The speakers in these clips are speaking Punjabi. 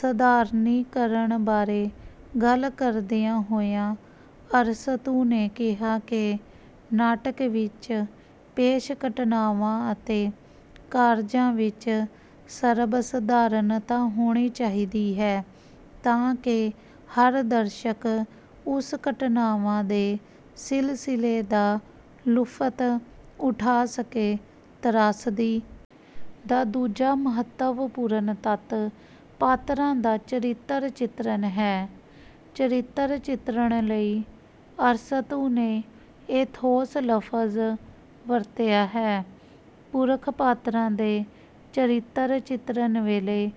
ਸਧਾਰਨੀਕਰਣ ਬਾਰੇ ਗੱਲ ਕਰਦਿਆਂ ਹੋਇਆਂ ਅਰਸਤੂ ਨੇ ਕਿਹਾ ਕਿ ਨਾਟਕ ਵਿੱਚ ਪੇਸ਼ ਘਟਨਾਵਾਂ ਅਤੇ ਕਾਰਜਾਂ ਵਿੱਚ ਸਰਬਸਧਾਰਨਤਾ ਹੋਣੀ ਚਾਹੀਦੀ ਹੈ, ਤਾਂ ਕਿ ਹਰ ਦਰਸ਼ਕ ਉਸ ਘਟਨਾਵਾਂ ਦੇ ਸਿਲਸਿਲੇ ਦਾ ਲੁਫ਼ਤ ਉਠਾ ਸਕੇ। ਤ੍ਰਾਸਦੀ ਦਾ ਦੂਜਾ ਮਹੱਤਵਪੂਰਨ ਤੱਤ ਪਾਤਰਾਂ ਦਾ ਚਰਿੱਤਰ ਚਿਤਰਨ ਹੈ। ਚਰਿੱਤਰ ਚਿੱਤਰਣ ਲਈ ਅਰਸਤੂ ਨੇ 'ਏਥੋਸ' ਲਫ਼ਜ਼ ਵਰਤਿਆ ਹੈ। ਪੁਰਖ ਪਾਤਰਾਂ ਦੇ ਚਰਿੱਤਰ ਚਿਤਰਨ ਵੇਲੇ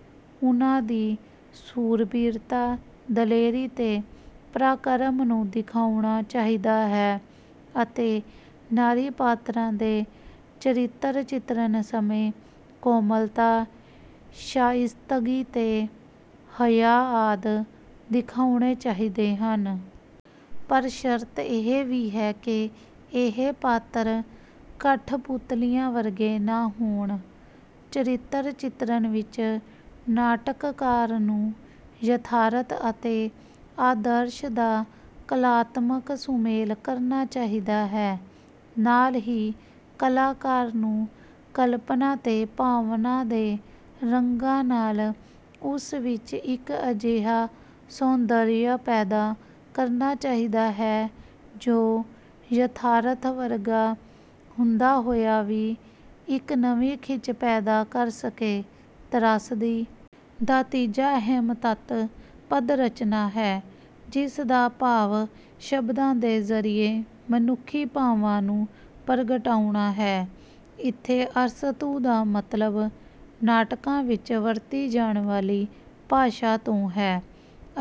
ਉਨ੍ਹਾਂ ਦੀ ਸੂਰਬੀਰਤਾ, ਦਲੇਰੀ ਤੇ ਪ੍ਰਾਕਰਮ ਨੂੰ ਦਿਖਾਉਣਾ ਚਾਹੀਦਾ ਹੈ ਅਤੇ ਨਾਰੀ ਪਾਤਰਾਂ ਦੇ ਚਰਿੱਤਰ ਚਿਤਰਨ ਸਮੇਂ ਕੋਮਲਤਾ, ਸ਼ਾਇਸਤਗੀ ਤੇ ਹਯਾ ਆਦਿ ਦਿਖਾਉਣੇ ਚਾਹੀਦੇ ਹਨ। ਪਰ ਸ਼ਰਤ ਇਹ ਵੀ ਹੈ ਕਿ ਇਹ ਪਾਤਰ ਕਠਪੁਤਲੀਆਂ ਵਰਗੇ ਨਾ ਹੋਣ। ਚਰਿੱਤਰ ਚਿਤਰਨ ਵਿੱਚ ਨਾਟਕਕਾਰ ਨੂੰ ਯਥਾਰਥ ਅਤੇ ਆਦਰਸ਼ ਦਾ ਕਲਾਤਮਕ ਸੁਮੇਲ ਕਰਨਾ ਚਾਹੀਦਾ ਹੈ; ਨਾਲ ਹੀ ਕਲਾਕਾਰ ਨੂੰ ਕਲਪਨਾ ਤੇ ਭਾਵਨਾ ਦੇ ਰੰਗਾਂ ਨਾਲ ਉਸ ਵਿੱਚ ਇੱਕ ਅਜਿਹਾ ਸੌਂਦਰਯ ਪੈਦਾ ਕਰਨਾ ਚਾਹੀਦਾ ਹੈ ਜੋ ਯਥਾਰਥ ਵਰਗਾ ਹੁੰਦਾ ਹੋਇਆ ਵੀ ਇੱਕ ਨਵੀਂ ਖਿੱਚ ਪੈਦਾ ਕਰ ਸਕੇ। ਤ੍ਰਾਸਦੀ ਦਾ ਤੀਜਾ ਅਹਿਮ ਤੱਤ ਪਦ-ਰਚਨਾ ਹੈ, ਜਿਸ ਦਾ ਭਾਵ ਸ਼ਬਦਾਂ ਦੇ ਜ਼ਰੀਏ ਮਨੁੱਖੀ ਭਾਵਾਂ ਨੂੰ ਪ੍ਰਗਟਾਉਣਾ ਹੈ। ਇੱਥੇ ਅਰਸਤੂ ਦਾ ਮਤਲਬ ਨਾਟਕਾਂ ਵਿੱਚ ਵਰਤੀ ਜਾਣ ਵਾਲੀ ਭਾਸ਼ਾ ਤੋਂ ਹੈ।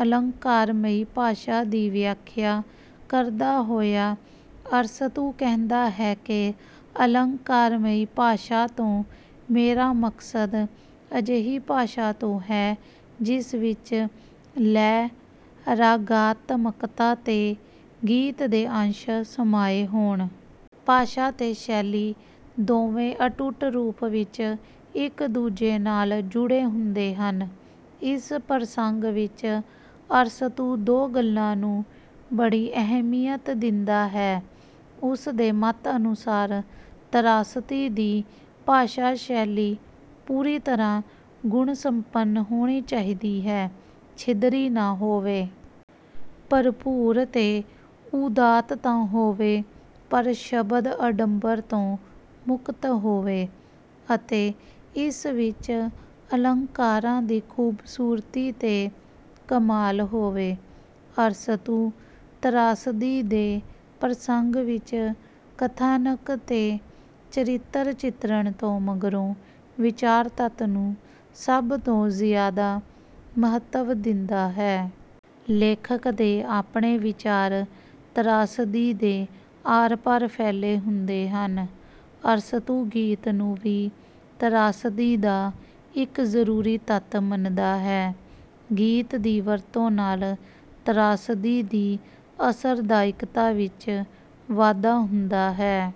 ਅਲੰਕਾਰਮਈ ਭਾਸ਼ਾ ਦੀ ਵਿਆਖਿਆ ਕਰਦਾ ਹੋਇਆ ਅਰਸਤੂ ਕਹਿੰਦਾ ਹੈ ਕਿ ਅਲੰਕਾਰਮਈ ਭਾਸ਼ਾ ਤੋਂ ਮੇਰਾ ਮਕਸਦ ਅਜਿਹੀ ਭਾਸ਼ਾ ਤੋਂ ਹੈ ਜਿਸ ਵਿੱਚ ਲੈਅ, ਰਾਗਾਤਮਕਤਾ ਤੇ ਗੀਤ ਦੇ ਅੰਸ਼ ਸਮਾਏ ਹੋਣ। ਭਾਸ਼ਾ ਤੇ ਸ਼ੈਲੀ ਦੋਵੇਂ ਅਟੁੱਟ ਰੂਪ ਵਿੱਚ ਇੱਕ-ਦੂਜੇ ਨਾਲ ਜੁੜੇ ਹੁੰਦੇ ਹਨ। ਇਸ ਪ੍ਰਸੰਗ ਵਿੱਚ ਅਰਸਤੂ ਦੋ ਗੱਲਾਂ ਨੂੰ ਬੜੀ ਅਹਿਮੀਅਤ ਦਿੰਦਾ ਹੈ। ਉਸ ਦੇ ਮੱਤ ਅਨੁਸਾਰ ਤ੍ਰਾਸਦੀ ਦੀ ਭਾਸ਼ਾ-ਸ਼ੈਲੀ ਪੂਰੀ ਤਰ੍ਹਾਂ ਗੁਣ-ਸੰਪੰਨ ਹੋਣੀ ਚਾਹੀਦੀ ਹੈ, ਛਿਦਰੀ ਨਾ ਹੋਵੇ। ਭਰਪੂਰ ਤੇ ਉਦਾਤ ਤਾਂ ਹੋਵੇ, ਪਰ ਸ਼ਬਦ-ਅਡੰਬਰ ਤੋਂ ਮੁਕਤ ਹੋਵੇ ਅਤੇ ਇਸ ਵਿੱਚ ਅਲੰਕਾਰਾਂ ਦੀ ਖ਼ੂਬਸੂਰਤੀ ਤੇ ਕਮਾਲ ਹੋਵੇ। ਅਰਸਤੂ ਤ੍ਰਾਸਦੀ ਦੇ ਪ੍ਰਸੰਗ ਵਿੱਚ ਕਥਾਨਕ ਤੇ ਚਰਿੱਤਰ ਚਿੱਤਰਣ ਤੋਂ ਮਗਰੋਂ ਵਿਚਾਰ ਤੱਤ ਨੂੰ ਸਭ ਤੋਂ ਜ਼ਿਆਦਾ ਮਹੱਤਵ ਦਿੰਦਾ ਹੈ। ਲੇਖਕ ਦੇ ਆਪਣੇ ਵਿਚਾਰ ਤ੍ਰਾਸਦੀ ਦੇ ਆਰ-ਪਾਰ ਫੈਲੇ ਹੁੰਦੇ ਹਨ। ਅਰਸਤੂ ਗੀਤ ਨੂੰ ਵੀ ਤ੍ਰਾਸਦੀ ਦਾ ਇੱਕ ਜ਼ਰੂਰੀ ਤੱਤ ਮੰਨਦਾ ਹੈ। ਗੀਤ ਦੀ ਵਰਤੋਂ ਨਾਲ ਤ੍ਰਾਸਦੀ ਦੀ ਅਸਰਦਾਇਕਤਾ ਵਿੱਚ ਵਾਧਾ ਹੁੰਦਾ ਹੈ।